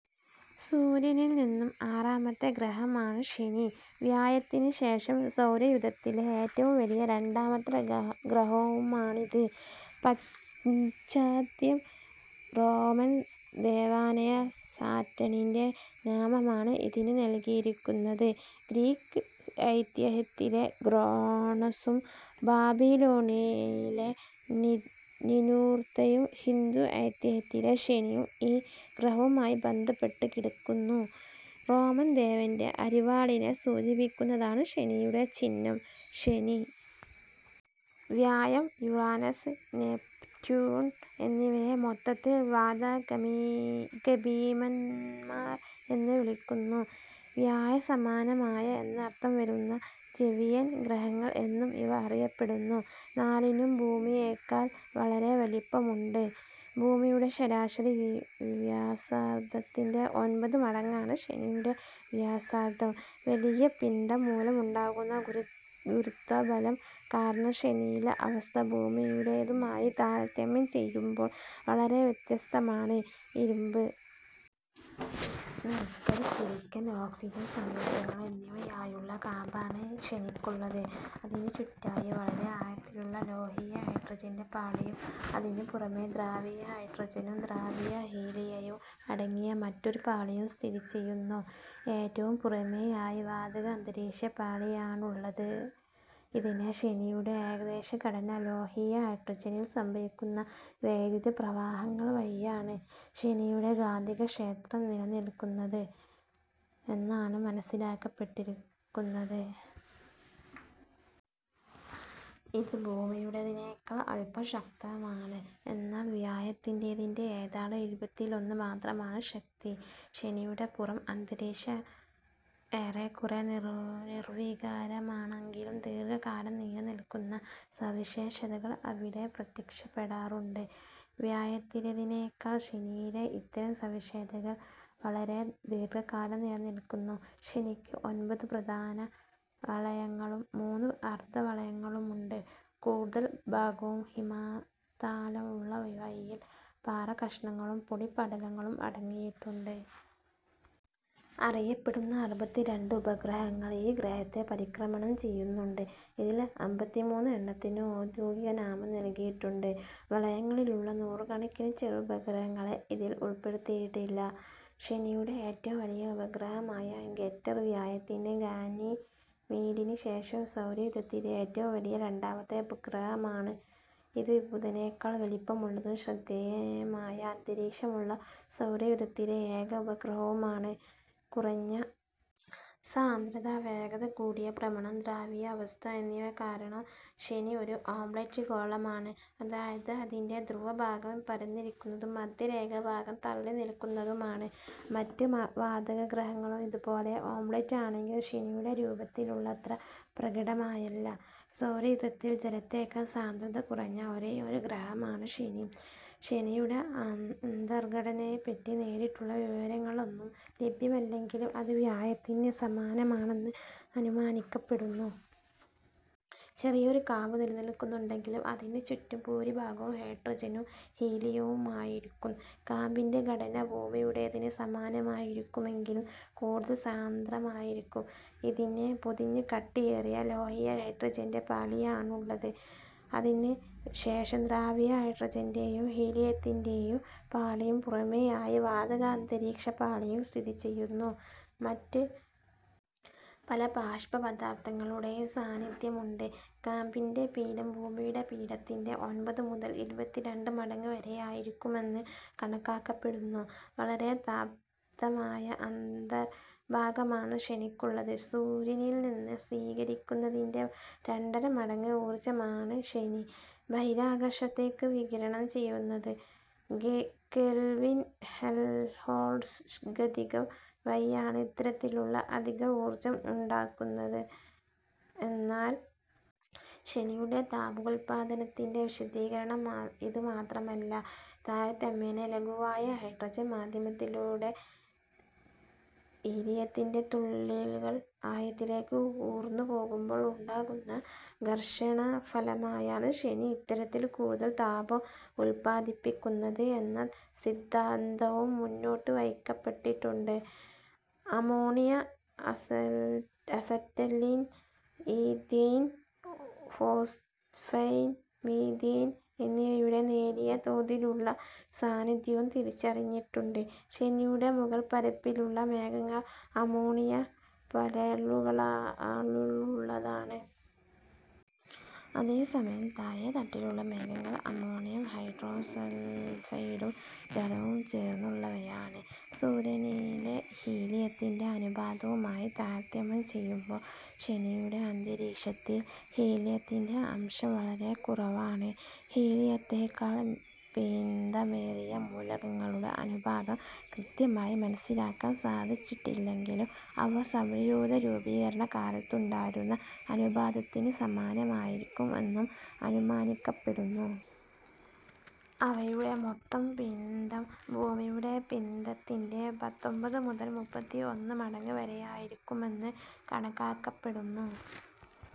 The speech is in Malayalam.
സൂര്യനിൽനിന്നും ആറാമത്തെ ഗ്രഹമാണ് ശനി. വ്യാഴത്തിനു ശേഷം സൗരയൂഥത്തിലെ ഏറ്റവും വലിയ രണ്ടാമത്തെ ഗ്രഹവുമാണിത്. പാശ്ചാത്യർ റോമൻ ദേവനായ സാറ്റണിൻ്റെ നാമമാണ് ഇതിന് നൽകിയിരിക്കുന്നത്. ഗ്രീക്ക് ഐതിഹ്യത്തിലെ ക്രോണസും ബാബിലോണിയയിലെ നിനൂർതയും ഹിന്ദു ഐതിഹ്യത്തിലെ ശനിയും ഈ ഗ്രഹവുമായി ബന്ധപ്പെട്ടു കിടക്കുന്നു. റോമൻ ദേവൻ്റെ അരിവാളിനെ സൂചിപ്പിക്കുന്നതാണ് ശനിയുടെ ചിഹ്നം.ശനി, വ്യാഴം, യുറാനസ്, നെപ്റ്റ്യൂൺ എന്നിവയെ മൊത്തത്തിൽ വാതകഭീമന്മാർ എന്ന് വിളിക്കുന്നു. വ്യാഴസമാനമായ എന്നർഥം വരുന്ന ജൊവിയൻ ഗ്രഹങ്ങൾ എന്നും ഇവ അറിയപ്പെടുന്നു. നാലിനും ഭൂമിയെക്കാൾ വളരെ വലിപ്പമുണ്ട്. ഭൂമിയുടെ ശരാശരി വ്യാസാർധത്തിൻ്റെ ഒൻപത് മടങ്ങാണ് ശനിയുടെ വ്യാസാർധം. വലിയ പിണ്ഡം മൂലമുണ്ടാകുന്ന ഗുരുത്വബലം കാരണം ശനിയിലെ അവസ്ഥ ഭൂമിയുടേതുമായി താരതമ്യം ചെയ്യുമ്പോൾ വളരെ വ്യത്യസ്തമാണ്. ഇരുമ്പ്, നിക്കൽ, സിലിക്കൺ, ഓക്സിജൻ സംയുക്തങ്ങൾ എന്നിവയാലുള്ള കാമ്പാണ് ശനിക്കുള്ളത്. അതിനു ചുറ്റുമായി വളരെ ആഴത്തിലുള്ള ലോഹീയ ഹൈഡ്രജൻ്റെ പാളിയും അതിനുപുറമേ ദ്രവീയ ഹൈഡ്രജനും ദ്രവീയ ഹീലിയവും അടങ്ങിയ മറ്റൊരു പാളിയും സ്ഥിതിചെയ്യുന്നു. ഏറ്റവും പുറമേയായി വാതക അന്തരീക്ഷ പാളിയാണുള്ളത്. ഇതാണ് ശനിയുടെ ഏകദേശ ഘടന. ലോഹീയ ഹൈഡ്രജനിൽ സംഭവിക്കുന്ന വൈദ്യുതപ്രവാഹങ്ങൾ വഴിയാണ് ശനിയുടെ കാന്തികക്ഷേത്രം നിലനിൽക്കുന്നത് എന്നാണ് മനസ്സിലാക്കപ്പെട്ടിരിക്കുന്നത്. ഇത് ഭൂമിയുടേതിനേക്കാൾ അല്പം ശക്തമാണ്. എന്നാൽ വ്യാഴത്തിന്റേതിൻ്റെ ഏതാണ്ട് ഇരുപതിലൊന്ന് മാത്രമാണ് ശക്തി. ശനിയുടെ പുറം അന്തരീക്ഷം ഏറെക്കുറെ നിർവികാരമാണെങ്കിലും ദീർഘകാലം നിലനിൽക്കുന്ന സവിശേഷതകൾ അവിടെ പ്രത്യക്ഷപ്പെടാറുണ്ട്. വ്യാഴത്തിലേതിനേക്കാൾ ശനിയിലെ ഇത്തരം സവിശേഷതകൾ വളരെ ദീർഘകാലം നിലനിൽക്കുന്നു. ശനിക്ക് ഒൻപത് പ്രധാന വളയങ്ങളും മൂന്ന് അർധവളയങ്ങളുമുണ്ട്. കൂടുതൽ ഭാഗവും ഹിമത്താലുള്ള ഇവയിൽ പാറക്കഷണങ്ങളും പൊടിപടലങ്ങളും അടങ്ങിയിട്ടുണ്ട്. അറിയപ്പെടുന്ന അറുപത്തിരണ്ട് ഉപഗ്രഹങ്ങൾ ഈ ഗ്രഹത്തെ പരിക്രമണം ചെയ്യുന്നുണ്ട്. ഇതിൽ അമ്പത്തിമൂന്ന് എണ്ണത്തിനും ഔദ്യോഗിക നാമം നൽകിയിട്ടുണ്ട്. വളയങ്ങളിലുള്ള നൂറുകണക്കിന് ചെറുപഗ്രഹങ്ങളെ ഇതിൽ ഉൾപ്പെടുത്തിയിട്ടില്ല. ശനിയുടെ ഏറ്റവും വലിയ ഉപഗ്രഹമായ ടൈറ്റൻ വ്യാഴത്തിൻ്റെ ഗാനിമീഡിന് ശേഷം സൗരയൂഥത്തിലെ ഏറ്റവും വലിയ രണ്ടാമത്തെ ഉപഗ്രഹമാണ്. ഇത് ബുധനേക്കാൾ വലിപ്പമുള്ളതും ശ്രദ്ധേയമായ അന്തരീക്ഷമുള്ള സൗരയൂഥത്തിലെ ഏക ഉപഗ്രഹവുമാണ്. കുറഞ്ഞ സാന്ദ്രത, വേഗത കൂടിയ ഭ്രമണം, ദ്രവീയ അവസ്ഥ എന്നിവ കാരണം ശനി ഒരു ഒബ്ലേറ്റ് ഗോളാഭമാണ്. അതായത് അതിൻ്റെ ധ്രുവഭാഗം പരന്നിരിക്കുന്നതും മധ്യരേഖാഭാഗം തള്ളിനിൽക്കുന്നതുമാണ്. മറ്റ് വാതകഗ്രഹങ്ങളും ഇതുപോലെ ഒബ്ലേറ്റ് ആണെങ്കിലും ശനിയുടെ രൂപത്തിലുള്ളത്ര പ്രകടമായല്ല. സൗരയൂഥത്തിൽ ജലത്തേക്കാൾ സാന്ദ്രത കുറഞ്ഞ ഒരേയൊരു ഗ്രഹമാണ് ശനി. ശനിയുടെ അന്തർഘടനയെപ്പറ്റി നേരിട്ടുള്ള വിവരങ്ങളൊന്നും ലഭ്യമല്ലെങ്കിലും അത് വ്യാഴത്തിന് സമാനമാണെന്ന് അനുമാനിക്കപ്പെടുന്നു. ചെറിയൊരു കാമ്പ് നിലനിൽക്കുന്നുണ്ടെങ്കിലും അതിനു ചുറ്റും ഭൂരിഭാഗവും ഹൈഡ്രജനും ഹീലിയവുമായിരിക്കും. കാമ്പിൻ്റെ ഘടന ഭൂമിയുടേതിന് സമാനമായിരിക്കുമെങ്കിലും കൂടുതൽ സാന്ദ്രമായിരിക്കും. ഇതിനെ പൊതിഞ്ഞ് കട്ടിയേറിയ ലോഹീയ ഹൈഡ്രജൻ്റെ പാളിയാണുള്ളത്. അതിനു ശേഷം ദ്രവീയ ഹൈഡ്രജൻ്റെ യും ഹീലിയത്തിൻ്റെ യും പാളിയും പുറമേയായി വാതക അന്തരീക്ഷ പാളിയും സ്ഥിതിചെയ്യുന്നു. മറ്റ് പല ബാഷ്പ പദാർഥങ്ങളുടെയും സാന്നിധ്യമുണ്ട്. കാമ്പിൻ്റെ പിണ്ഡം ഭൂമിയുടെ പിണ്ഡത്തിൻ്റെ ഒൻപത് മുതൽ ഇരുപത്തിരണ്ട് മടങ്ങ് വരെയായിരിക്കുമെന്ന് കണക്കാക്കപ്പെടുന്നു. വളരെ തപ്തമായ അന്തർഭാഗമാണ് ശനിക്കുള്ളത്. സൂര്യനിൽനിന്ന് സ്വീകരിക്കുന്നതിൻ്റെ രണ്ടര മടങ്ങ് ഊർജമാണ് ശനി ബഹിരാകാശത്തേക്ക് വികിരണം ചെയ്യുന്നത്. കെൽവിൻ ഹെൽംഹോൾട്സ് ഗതികം വഴിയാണ് ഇത്തരത്തിലുള്ള അധിക ഊർജം ഉണ്ടാകുന്നത്. എന്നാൽ ശനിയുടെ താപോൽപാദനത്തിൻ്റെ വിശദീകരണം ഇതുമാത്രമല്ല. താരതമ്യേന ലഘുവായ ഹൈഡ്രജൻ മാധ്യമത്തിലൂടെ ഹീലിയത്തിൻ്റെ തുള്ളികൾ ആഴത്തിലേക്ക് ഊർന്നുപോകുമ്പോൾ ഉണ്ടാകുന്ന ഘർഷണഫലമായാണ് ശനി ഇത്തരത്തിൽ കൂടുതൽ താപം ഉൽപാദിപ്പിക്കുന്നത് എന്ന സിദ്ധാന്തവും മുന്നോട്ടുവയ്ക്കപ്പെട്ടിട്ടുണ്ട്. അമോണിയ, അസറ്റൽ അസറ്റലീൻ, ഈഥെയ്ൻ, ഫോസ്ഫൈൻ, മീഥെയ്ൻ എന്നിവയുടെ നേരിയ തോതിലുള്ള സാന്നിധ്യവും തിരിച്ചറിഞ്ഞിട്ടുണ്ട്. ശനിയുടെ മുകൾപ്പരപ്പിലുള്ള മേഘങ്ങൾ അമോണിയ പരലുകളാലുള്ളതാണ്. അതേസമയം താഴെത്തട്ടിലുള്ള മേഘങ്ങൾ അമോണിയം ഹൈഡ്രോസൾഫൈഡും ജലവും ചേർന്നുള്ളവയാണ്. സൂര്യനിലെ ഹീലിയത്തിൻ്റെ അനുപാതവുമായി താരതമ്യം ചെയ്യുമ്പോൾ ശനിയുടെ അന്തരീക്ഷത്തിൽ ഹീലിയത്തിൻ്റെ അംശം വളരെ കുറവാണ്. ഹീലിയത്തേക്കാൾ പിണ്ഡമേറിയ മൂലകങ്ങളുടെ അനുപാതം കൃത്യമായി മനസ്സിലാക്കാൻ സാധിച്ചിട്ടില്ലെങ്കിലും അവ സൗരയൂഥ രൂപീകരണകാലത്തുണ്ടായിരുന്ന അനുപാതത്തിന് സമാനമായിരിക്കും എന്ന് അനുമാനിക്കപ്പെടുന്നു. അവയുടെ മൊത്തം പിണ്ഡം ഭൂമിയുടെ പിണ്ഡത്തിൻ്റെ പത്തൊൻപത് മുതൽ മുപ്പത്തിയൊന്ന് മടങ്ങ് വരെയായിരിക്കുമെന്ന് കണക്കാക്കപ്പെടുന്നു.